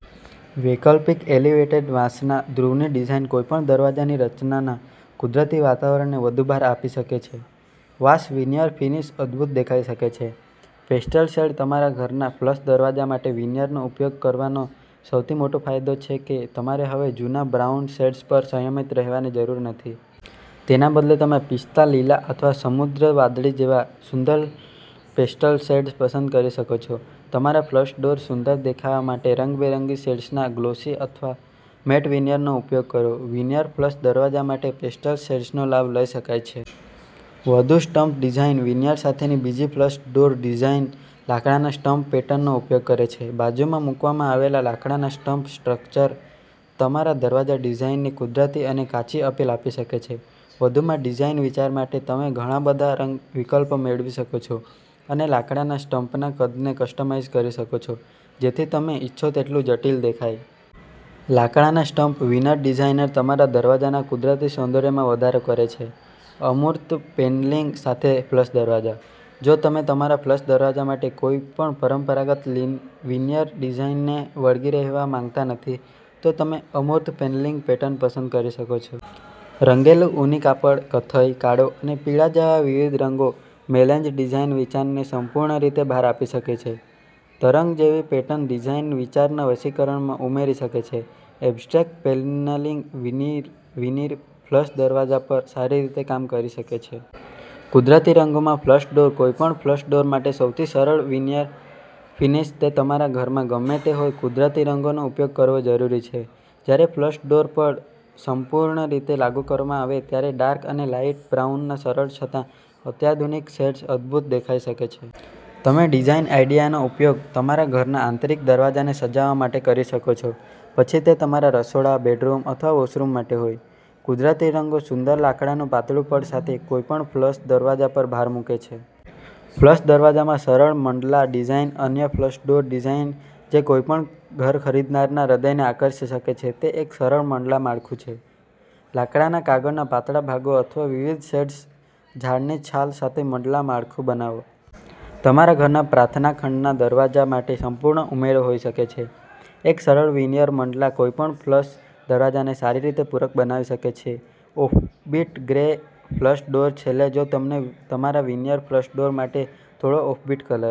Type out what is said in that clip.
વૈકલ્પિક એલિવેટેડ વાંસના ધ્રુવની ડિઝાઇન કોઈપણ દરવાજાની રચનાના કુદરતી વાતાવરણને વધુ ભાર આપી શકે છે. વાંસ વીનીયર ફિનિશ અદ્ભુત દેખાઈ શકે છે. પેસ્ટલ શેડ તમારા ઘરના ફ્લશ દરવાજા માટે વિનિયરનો ઉપયોગ કરવાનો સૌથી મોટો ફાયદો છે કે તમારે હવે જૂના બ્રાઉન શેડ્સ પર સંયમિત રહેવાની જરૂર નથી. તેના બદલે, તમે પિસ્તા લીલા અથવા સમુદ્ર વાદળી જેવા સુંદર પેસ્ટલ શેડ્સ પસંદ કરી શકો છો. તમારા ફ્લશ ડોર સુંદર દેખાવા માટે રંગબેરંગી શેડ્સમાં ગ્લોસી અથવા મેટ વિનિયરનો ઉપયોગ કરો. વિનિયર ફ્લશ દરવાજા માટે પેસ્ટલ શેડ્સનો લાભ લઈ શકાય છે. વુડ સ્ટમ્પ ડિઝાઇન વિનિયર સાથેની બીજી ફ્લશ ડોર ડિઝાઇન લાકડાના સ્ટમ્પ પેટર્નનો ઉપયોગ કરે છે. બાજુમાં મૂકવામાં આવેલા લાકડાના સ્ટમ્પ સ્ટ્રક્ચર્સ તમારા દરવાજાની ડિઝાઇનને કુદરતી અને કાચી અપીલ આપી શકે છે. વધુમાં, ડિઝાઇન વિચાર માટે, તમે ઘણા બધા રંગ વિકલ્પો મેળવી શકો છો અને લાકડાના સ્ટમ્પના કદને કસ્ટમાઇઝ કરી શકો છો, જેથી તમે ઇચ્છો તેટલું જટિલ દેખાય. લાકડાના સ્ટમ્પ વિનર ડિઝાઇન તમારા દરવાજાના કુદરતી સૌંદર્યમાં વધારો કરે છે. અમૂર્ત પેનલિંગ સાથે ફ્લશ દરવાજા. જો તમે તમારા ફ્લશ દરવાજા માટે કોઈપણ પરંપરાગત વિનિયર ડિઝાઇનને વળગી રહેવા માંગતા નથી, તો તમે અમૂર્ત પેનલિંગ પેટર્ન પસંદ કરી શકો છો. રંગેલું ઊની કાપડ, કથ્થઈ, કાળો અને પીળો જેવા વિવિધ રંગોનો મેલેન્જ ડિઝાઇન વિચારને સંપૂર્ણ રીતે ભાર આપી શકે છે. તરંગ જેવી પેટર્ન ડિઝાઇન વિચારના વશીકરણમાં ઉમેરી શકે છે. એબ્સ્ટ્રેક્ટ પેનલિંગ વિનીર ફ્લશ દરવાજા પર સારી રીતે કામ કરી શકે છે. કુદરતી રંગોમાં ફ્લશ ડોર કોઈપણ ફ્લશ ડોર માટે સૌથી સરળ વિનિયર ફિનિશ, તે તમારા ઘરમાં ગમે તે હોય, કુદરતી રંગોનો ઉપયોગ કરવો જરૂરી છે. જ્યારે ફ્લશ ડોર પર સંપૂર્ણ રીતે લાગુ કરવામાં આવે ત્યારે ડાર્ક અને લાઇટ બ્રાઉનના સરળ છતાં અત્યાધુનિક શેડ્સ અદ્ભુત દેખાઈ શકે છે. તમે ડિઝાઇન આઇડિયાનો ઉપયોગ તમારા ઘરના આંતરિક દરવાજાને સજાવવા માટે કરી શકો છો, પછી તે તમારા રસોડા, બેડરૂમ અથવા વૉશરૂમ માટે હોય. કુદરતી રંગો સુંદર લાકડાનું પાતળું પડ સાથે કોઈપણ ફ્લશ દરવાજા પર ભાર મૂકે છે. ફ્લશ દરવાજામાં સરળ મંડલા ડિઝાઇન અન્ય ફ્લશ ડોર ડિઝાઇન જે કોઈપણ ઘર ખરીદનારના હૃદયને આકર્ષી શકે છે તે એક સરળ મંડલા માળખું છે. લાકડાના કાગળના પાતળા ભાગો અથવા વિવિધ શેડ્સના ઝાડની છાલ સાથે મંડલા માળખું બનાવો. તમારા ઘરના પ્રાર્થના ખંડના દરવાજા માટે સંપૂર્ણ ઉમેરો હોઈ શકે છે. એક સરળ વિનિયર મંડલા કોઈપણ ફ્લશ દરવાજાને સારી રીતે પૂરક બનાવી શકે છે ઓફબીટ ગ્રે ફ્લશ ડોર છેલ્લે, જો તમને તમારા વિનિયર ફ્લશ ડોર માટે થોડો ઓફબીટ કલર